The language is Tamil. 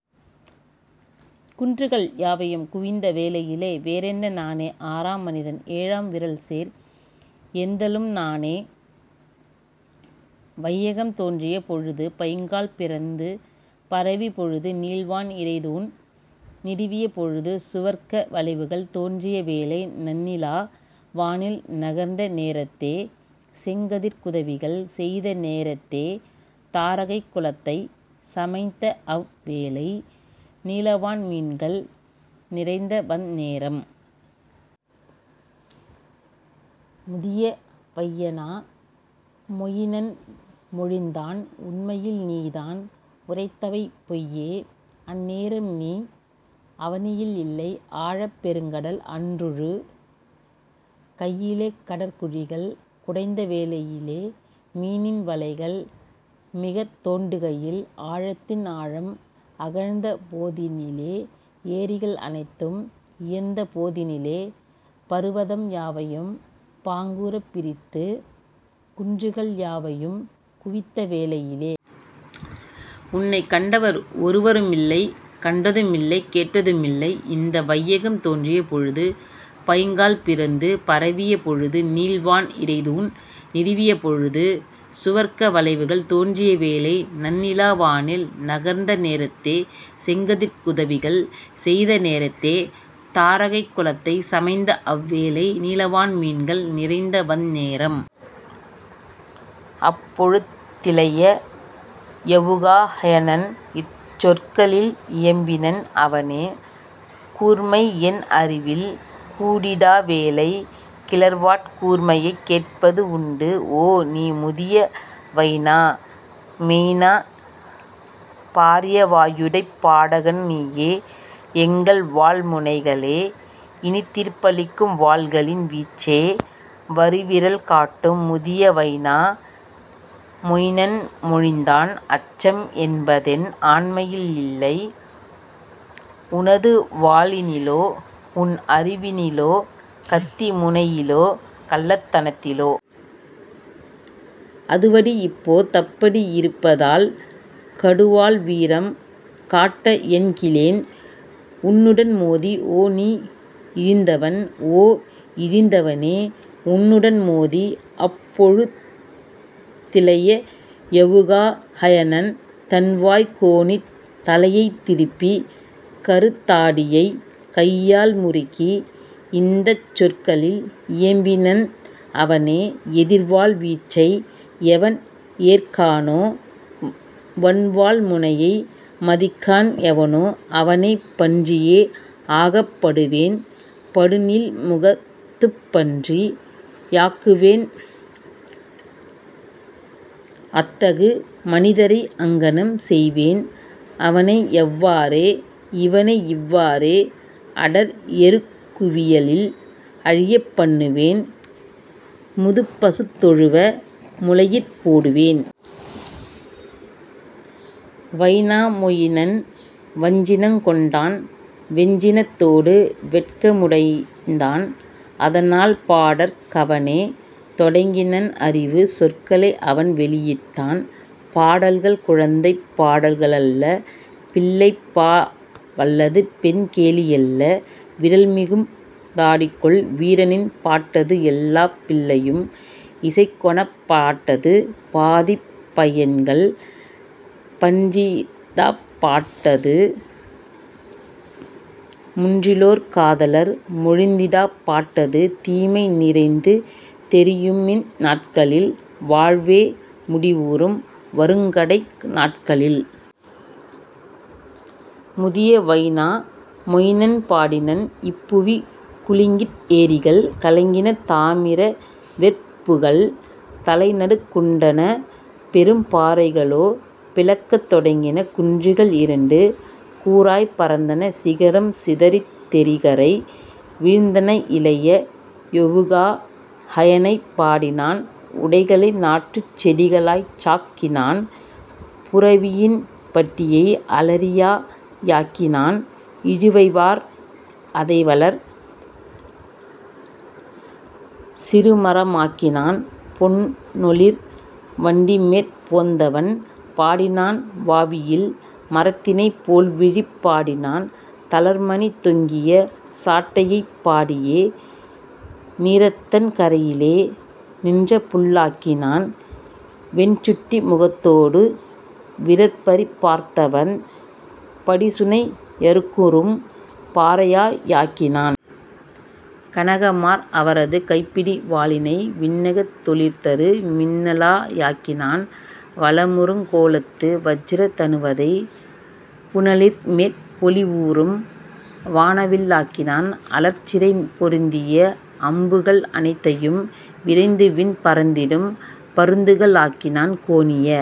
குன்றுகள் யாவையும் குவிந்தவேளையிலே வேறென்ன நானே ஆறாம் மனிதன் ஏழாம் விறல்சேர் எந்தலும் நானே வையகம் தோன்றிய பொழுது பைங்கால் பிறந்து பரவி பொழுது நீள்வான் இடைதூண் நிறுவிய பொழுது சுவர்க்க வளைவுகள் தோன்றிய வேளை நன்னிலா வானில் நகர்ந்தநேரத்தே செங்கதிர்க் குதவிகள் செய்தநேரத்தே தாரகைக் குலத்தைச் சமைத்தஅவ் வேளை நீலவான் மீன்கள் நிறைந்தவந் நேரம். முதிய வையனா மொயினன் மொழிந்தான் உண்மையில் நீதான் உரைத்தவை பொய்யே அந்நேரம்நீ அவனியில் இல்லை ஆழப் பெருங்கடல் அன்றுழு கையிலே கடற் குழிகள் குடைந்தவேளையிலே மீனின் வளைகள் மிகத்தோண்டுகையில் ஆழத்தின் ஆழம் அகழ்ந்தபோதினிலே ஏரிகள் அனைத்தும் இயைந்தபோதினிலே பருவதம் யாவையும் பாங்குறப் பிரித்து குன்றுகள் யாவையும் குவித்தவேளையிலே. உன்னைக் கண்டவர் ஒருவருமில்லை கண்டதுமில்லைக் கேட்டதுமில்லை இந்த வையகம் தோன்றிய பொழுது பைங்கால் பிறந்து பரவிய பொழுது நீள்வான் இடைதூண் நிறுவிய பொழுது சுவர்க்க வளைவுகள் தோன்றிய வேளை. நன்னிலா வானில் நகர்ந்தநேரத்தே செங்கதிர்க் குதவிகள் செய்தநேரத்தே தாரகைக் குலத்தைச் சமைந்தஅவ் வேளை நீலவான் மீன்கள் நிறைத்தவந் நேரம். அப்பொழு திளைய யொவுகா ஹைனன் இச்சொற்களில் இயம்பினன் அவனே கூர்மைஎன் அறிவில் கூடிடா வேளை கிளர்வாட் கூர்மையைக் கேட்பது உண்டு ஓ, நீ முதிய வைனா மயின பாரியவாயுடைப் பாடகன் நீயே எங்கள்வாள் முனைகளே இனித்தீர்ப்பளிக்கும் வாள்களின் வீச்சே வருவிறல் காட்டும். முதிய வைனா மொயினன் மொழிந்தான் அச்சம் என்பதென் ஆண்மையில் இல்லை உனதுவாளினிலோ உன்னறிவினிலோ கத்திமுனையிலோ கள்ளத்தனத்திலோ. அதுவது இப்போ தப்படி யிருப்பதால் கடுவாள் வீரம் காட்டஎண்கிலேன் உன்னுடன் மோதி ஓ, நீ இழிந்தவன் ஓ, இழிந்தவனே உன்னுடன் மோதி. அப்பொழு திளைய யொவுகா ஹைனன் தன்வாய் கோணித் தலையைத் திருப்பி கறுத் தாடியைக் கையால் முறுக்கி இந்தச் சொற்களில் இயம்பினன் அவனே எதிர்வாள் வீச்சை எவன்ஏற்கானோ வன்வாள் முனையை மதிக்கான் எவனோ அவனைப் பன்றியே ஆகப் பாடுவேன் படுநீள் முகத்துப் பன்றி யாக்குவேன் அத்தகு மனிதரை அங்ஙனம் செய்வேன் அவனையவ்வாறே இவனையிவ்வாறே அடர்எருக்குவியலில் அழியப் பண்ணுவேன் முதுப்பசுத்தொழுவ முலையிற் போடுவேன். வைனா மொயினன் வஞ்சினங் கொண்டான் வெஞ்சினத்தோடு வெட்கமுமடைந்தான் அதனால் பாடற் கவனே தொடங்கினன் அறிவுச் சொற்களை அவன்வெளியிட்டான் பாடல்கள் குழந்தைப் பாடல்களல்ல பிள்ளைப்பா வல்லது பெண்கேலியல்ல விறல்மிகும் தாடிகொள் வீரனின் பாட்டது எல்லாப் பிள்ளையும் இசைக்கொணாப் பாட்டது பாதிப் பையன்கள் பன்றிடாப் பாட்டது மூன்றிலோர் காதலர் மொழிந்திடாப் பாட்டது தீமை நிறைந்து தெரியுமிந் நாட்களில் வாழ்வே முடிவுறும் வறுங்கடை நாட்களில். முதிய வைனா மொயினன் பாடினன் இப்புவி குலுங்கிற் ஏரிகள் கலங்கின தாமிர வெற்புகள் தலைநடுக்குண்டன பெரும்பாறைகளோ பிளக்கத் தொடங்கின குன்றுகள் இரண்டு கூறாய்ப் பறந்தன சிகரம் சிதறித் தெரிகரை வீழ்ந்தன. இளைய யொவுகா ஹைனைப் பாடினான் உடைகளை நாற்றுச்செடிகளாய்ச்சாக்கினான் புரவியின் பட்டியை அலரியா யாக்கினான் இழுவைவார் அதைவளர் சிறுமரமாக்கினான் பொன்னொளிர் வண்டிமேற் போந்தவன் பாடினான் வாவியில் மரத்தினைப் போல்விழிப் பாடினான் தளர்மணி தொங்கிய சாட்டையைப் பாடியே நீரதன் கரையிலே நின்றபுல்லாக்கினான் வெண்சுட்டி முகத்தொடு விறற்பரி பார்த்தவன் படிசுனை யருகுறும் பாறையா யாக்கினான். கனகமார் அவனது கைப்பிடி வாளினை விண்ணகத் தொளிர்தரு மின்னலா யாக்கினான் வளமுறுங் கோலத்து வச்சிர தனுவதை புனலின்மேற் பொலிவுறும் வானவில்லாக்கினான் அலர்சிறை பொருந்திய அம்புகள் அனைத்தையும் விரைந்துவிண் பறந்திடும் பருந்துகளாக்கினான் கோணிய